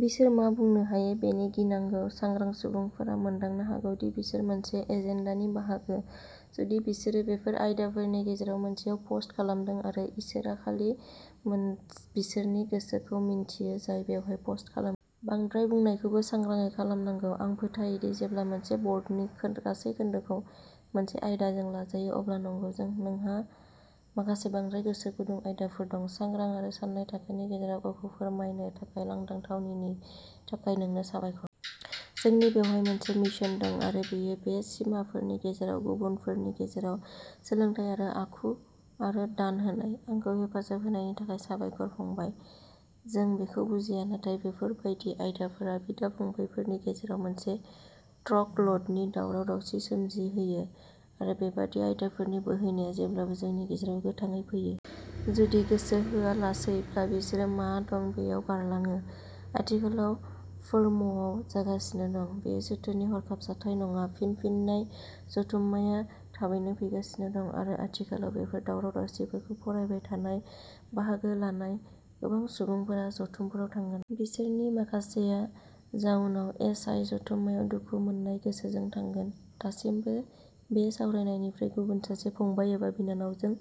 बिसोर मा बुंनो हायो बेनि गिनांगौ, सांग्रां सुबुंफोरा मोनदांनो हागौ दि बिसोर मोनसे "एजेन्डा" नि बाहागो, जुदि बिसोरो बेफोर आयदाफोरनि गेजेराव मोनसेयाव पस्ट खालामदों आरो इसोरआ खालि बिसोरनि गोसोखौ मिन्थियो जाय बेवहाय पस्ट खालामो। "बांद्राय" बुंनायखौबो सांग्राङै खालामनांगौ। आं फोथायो दि जेब्ला मोनसे बर्डनि गासै खोन्दोखौ मोनसे आयदाजों लाजायो-अब्ला नंगौ, नोंहा माखासे बांद्राय-गोसो गुदुं आयदाफोर दं। सांग्रां आरो सान्नाय थाखोनि गेजेराव गावखौ फोरमायनो थाखाय लांदां थावनिनि थाखाय नोंनो साबायखर। जोंनि बेवहाय मोनसे मिशन दं आरो बेयो बे सिमाफोरनि गेजेराव गुबुनफोरनि गेजेराव सोलोंथाय आरो आखु आरो दान होनाय। आंखौ हेफाजाब होनायनि थाखाय साबायखर, फंबाय। जों बेखौ बुजिया, नाथाय बेफोर बायदि आयदाफोरा बिदा-फंबायफोरनि गेजेराव मोनसे ट्र'क ल'डनि दावराव-दावसि सोमजिहोयो, आरो बेबादि आयदाफोरनि बोहैनाया जेब्लाबो जोंनि गेजेराव गोथाङै फैयो। जुदि गोसो होआलासैब्ला, बिसोरो मा दं बेयाव बारलाङो। आथिखालाव फोरमआव जागासिनो दं। बेयो सुथुरनि हरखाब जाथाय नङा। फिनफिननाय जथुम्माया थाबैनो फैगासिनो दं, आरो आथिखालाव बेफोर दावराव-दावसिफोरखौ फरायबाय थानाय/बाहागो लानाय गोबां सुबुंफोरा जथुमफोराव थांगोन। बिसोरनि माखासेया जाउनाव एस. आइ. जथुम्मायाव दुखु मोननाय गोसोजों थांगोन, दासिमबो बे सावरायनायनिफ्राय गुबुन सासे फंबाय एबा बिनानावजों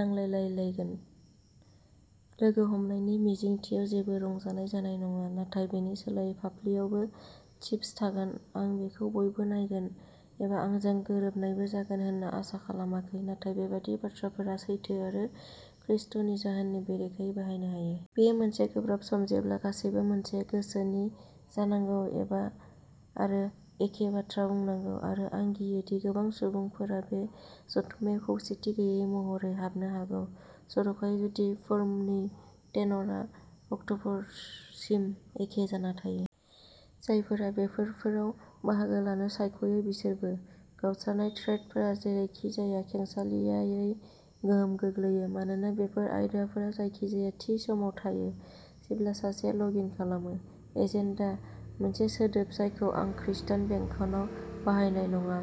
नांलायलायलायगोन। लोगो हमनायनि मिजिंथियाव जेबो रंजानाय जानाय नङा, नाथाय बेनि सोलायै फाफ्लियावबो चिप्स थागोन। आं बेखौ बयबो नायगोन, एबा आंजों गोरोबनायबो जागोन होनना आसा खालामाखै, नाथाय बेबादि बाथ्राफोरा सैथो आरो खृष्टनि जाहोननि बेरेखायै बाहायनो हायो। बेयो मोनसे गोब्राब सम जेब्ला गासैबो "मोनसे गोसो" नि जानांगौ एबा आरो "एखे बाथ्रा बुंनांगौ" आरो आं गियो दि गोबां सुबुंफोरा बे जथुम्मायाव खौसेथि गैयै महरै हाबनो हागौ... जर'खायै जुदि फोरमनि टेनरआ अक्टबरसिम एखे जाना थायो। जायफोरा बेफोरफोराव बाहागो लानो सायख'यो बिसोरबो। गावस्रानाय थ्रेडफोरा जेरैखिजाया खेंसालियायै गोहोम गोग्लैयो, मानोना बेफोर आयदाफोरा जायखिजाया थि समाव थायो, जेब्ला सासेया लग इन खालामो। "एजेन्डा" मोनसे सोदोब जायखौ आं खृष्टान बेंखनआव बाहायनाय नङा,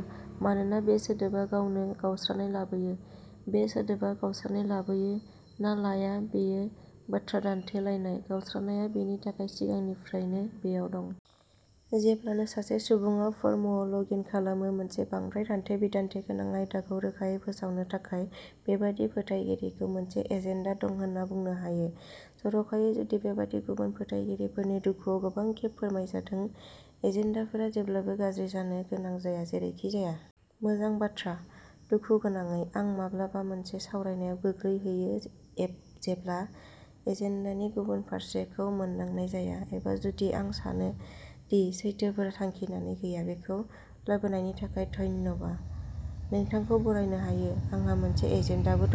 मानोना बे सोदोबा गावनो "गावस्रानाय" लाबोयो, बे सोदोबा गावस्रानाय लाबोयो ना लाया, बेयो बाथ्रा दान्थेलायनाय; गावस्रानायआ बेनि थाखाय सिगांनिफ्रायनो बेयाव दं। जेब्लानो सासे सुबुङा फोरमआव लग इन खालामो मोनसे बांद्राय दान्थे-बिदान्थे गोनां आयदाखौ रोखायै फोसावनो थाखाय, बेबादि फोथायगिरिखौ मोनसे "एजेन्डा" दं होनना बुंनो हायो-- जर'खायै जुदि बेबादि गुबुन फोथायगिरिफोरनि दुखुआव गोबां खेब फोरमायजादों। एजेन्डाफोरा जेब्लाबो गाज्रि जानो गोनां जाया, जेरैखिजाया। मोजां बाथ्रा! दुखुगोनाङै, आं माब्लाबा मोनसे सावरायनायाव गोग्लैहैयो एप जेब्ला एजेन्डानि "गुबुन फारसे" खौ मोनदांनाय जाया, एबा जुदि आं सानो दि सैथोफोरा थांखिनानै गैया। बेखौ लाबोनायनि थाखाय धन्यबा! नोंथांखौ बरायनो हायो। आंहा मोनसे "एजेन्डा" बो दं।